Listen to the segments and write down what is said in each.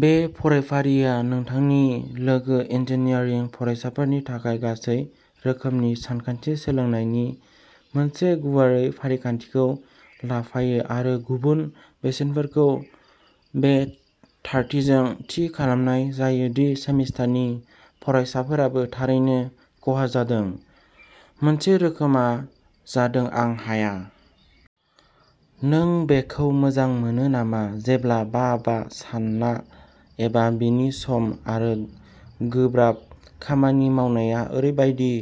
बे फरायफारिआ नोंथांनि लोगो इन्जिनियारिं फरायसाफोरनि थाखाय गासै रोखोमनि सानखान्थि सोलोंनायनि मोनसे गुवारै फारिखान्थिखौ लाफायो आरो गुबुन बेसेनफोरखौ बे थारथिजों थि खालामनाय जायो दि सेमिस्टारनि फरायसाफोराबो थारैनो खहा जादों। मोनसे रोखोमआ जादों आं हाया। नों बेखौ मोजां मोना नामा जेब्ला बा बा सानना एबा बिनि सम आरो गोब्राब खामानि मावनाया ओरैबायदि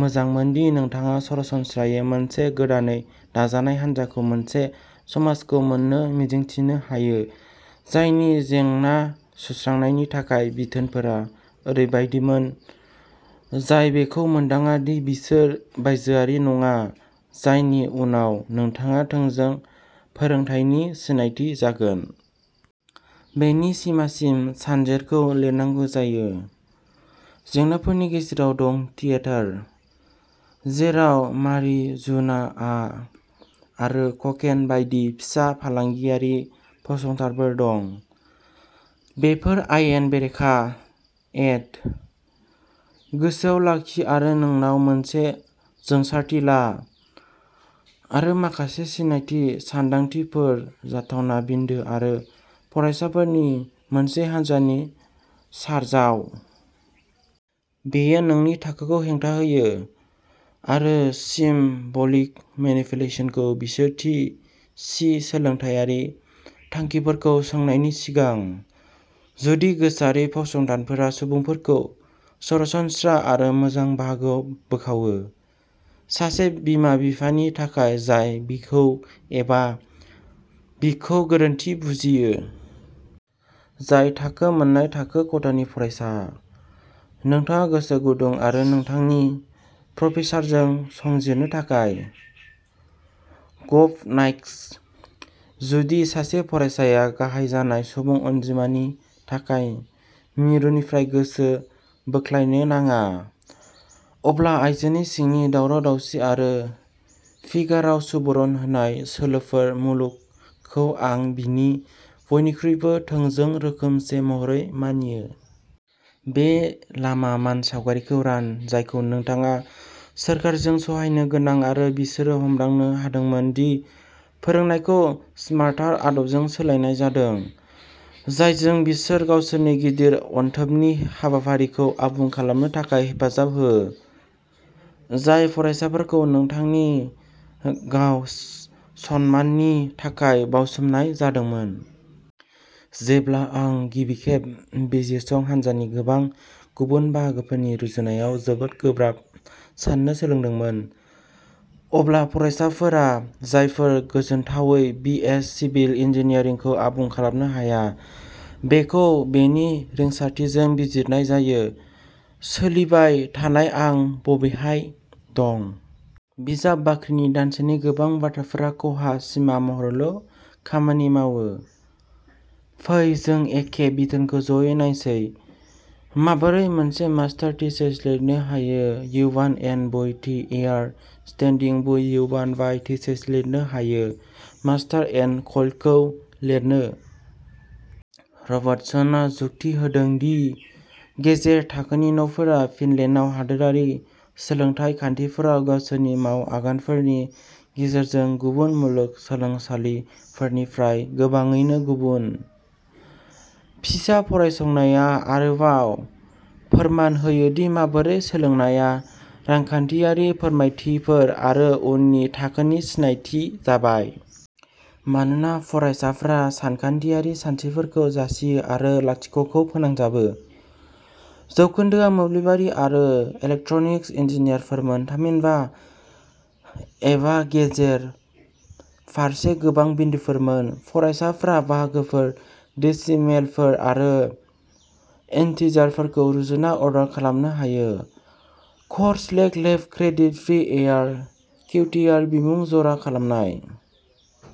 मोजांमोन दि नोंथाङा सरासनस्रायै मोनसे गोदानै दाजानाय हानजाखौ मोनसे समाजखौ मोननो मिजिंथिनो हायो जायनि जेंना सुस्रांनायनि थाखाय बिथोनफोरा ओरैबायदिमोन जाय बेखौ मोनदाङा दि बिसोर बायजोआरि नङा जायनि उनाव नोंथाङा थोंजों फोरोंथायनि सिनायथि जागोन। बेनि सिमासिम सानजेरखौ लिरनांगौ जायो। जेंनाफोरनि गेजेराव दं थियेटार। जेराव मारिजुआना आरो ककेन बायदि फिसा फालांगियारि फसंथानफोर दं। बेफोर आयेन बेरेखा। एड। गोसोआव लाखि आरो नोंनाव मोनसे जोंसारथि ला। आरो माखासे सिनायथि सानदांथिफोर जाथावना बिन्दो आरो फरायसाफोरनि मोनसे हान्जानि चारजाव। बेयो नोंनि थाखोखौ हेंथा होयो। आरो सिम ब'लिक मेनिपुलेसनखौ बिसोर थि सि सोलोंथायारि थांखिफोरखौ सोंनायनि सिगां। जुदि गोसोआरि फसंथानफोरा सुबुंफोरखौ सरासनस्रा आरो मोजां बाहागोआव बोखावो। सासे बिमा-बिफानि थाखाय जाय बिखौ एबा बिखौ गोरोन्थि बुजियो। जाय थाखो मोननाय थाखो खथानि फरायसा। नोंथाङा गोसो गुदुं आरो नोंथांनि प्रफेसारफोरजों संजिरनो थाखाय। गभ नाइक्स। जुदि सासे फरायसाया गाहाय जानाय सुबुं अनजिमानि थाखाय मिरुनिफ्राय गोसो बोख्लायनो नाङा। अब्ला आइजोनि सिंनि दावराव-दावसि आरो फिगाराव सुबुरुन होनाय सोलोफोर मुलुगखौ आं बिनि बयनिख्रुइबो थोंजों रोखोमसे महरै मानियो। बे लामा मानसावगारिखौ रान जायखौ नोंथाङा सोरखारजों सहायनो गोनां आरो बिसोरो हमदांनो हादोंमोन दि फोरोंनायखौ स्मार्टार आदबजों सोलायनाय जादों। जायजों बिसोर गावसोरनि गिदिर अनथोबनि हाबाफारिखौ आबुं खालामनो थाखाय हेफाजाब हो। जाय फरायसाफोरखौ नोंथांनि गाव-सनमाननि थाखाय बाउसोमनाय जादोंमोन। जेब्ला आं गिबिखेब बिजिरसं हान्जानि गोबां गुबुन बाहागोफोरनि रुजुनायाव जोबोद गोब्राब साननो सोलोंदोंमोन। अब्ला फरायसाफोरा जायफोरा गोजोनथावै बि. एस. सिभिल इन्जिनियारिंखौ आबुं खालामनो हाया। बेखौ बेनि रिंसारथिजों बिजिरनाय जायो। सोलिबाय थानाय आं बबेहाय दं। बिजाब बाख्रिनि दानसेनि गोबां बाथ्राफोरा खहा सिमा महरैल' खामानि मावो। फै जों एखे बिथोनखौ ज'यै नायसै। माबोरै मोनसे मास्टार्स थिसिस लिरनो हायो यव'न एन बुइ थि इयार स्टेनडिं बुइ यव'न बाइ थिसिस लिरनो हायो मास्टार्स एन क'इलखौ लिरनो। रबार्टसनआ जुक्ति होदों दि गेजेर थाखोनि न'फोरा फिनलेन्डआव हादोरारि सोलोंथाय खान्थिफोराव गावसोरनि माव आगानफोरनि गेजेरजों गुबुन मुलुगसोलोंसालिफोरनिफ्राय गोबाङैनो गुबुन। पिसा फरायसंनाया आरोबाव फोरमान होयो दि माबोरै सोलोंनायआ रांखान्थियारि फोरमायथिफोर आरो उननि थाखोनि सिनायथि जाबाय। मानोना फरायसाफ्रा सानखान्थियारि सानस्रिफोरखौ जासियो आरो लाथिख'खौ फोनांजाबो। जौखोन्दोआ मोब्लिबारि आरो इलेक्ट्रनिक्स इन्जिनियारफोरमोन थामहिनबा एबा गेजेर फारसे गोबां बिन्दोफोरमोन फरायसाफ्रा बाहागोफोर डेसिमेलफोर आरो इन्टिजारफोरखौ रुजुना अर्डार खालामनो हायो। क'र्स लेक लेब क्रेडिट प्रि इयार किउटिआर बिमुं जरा खालामनाय।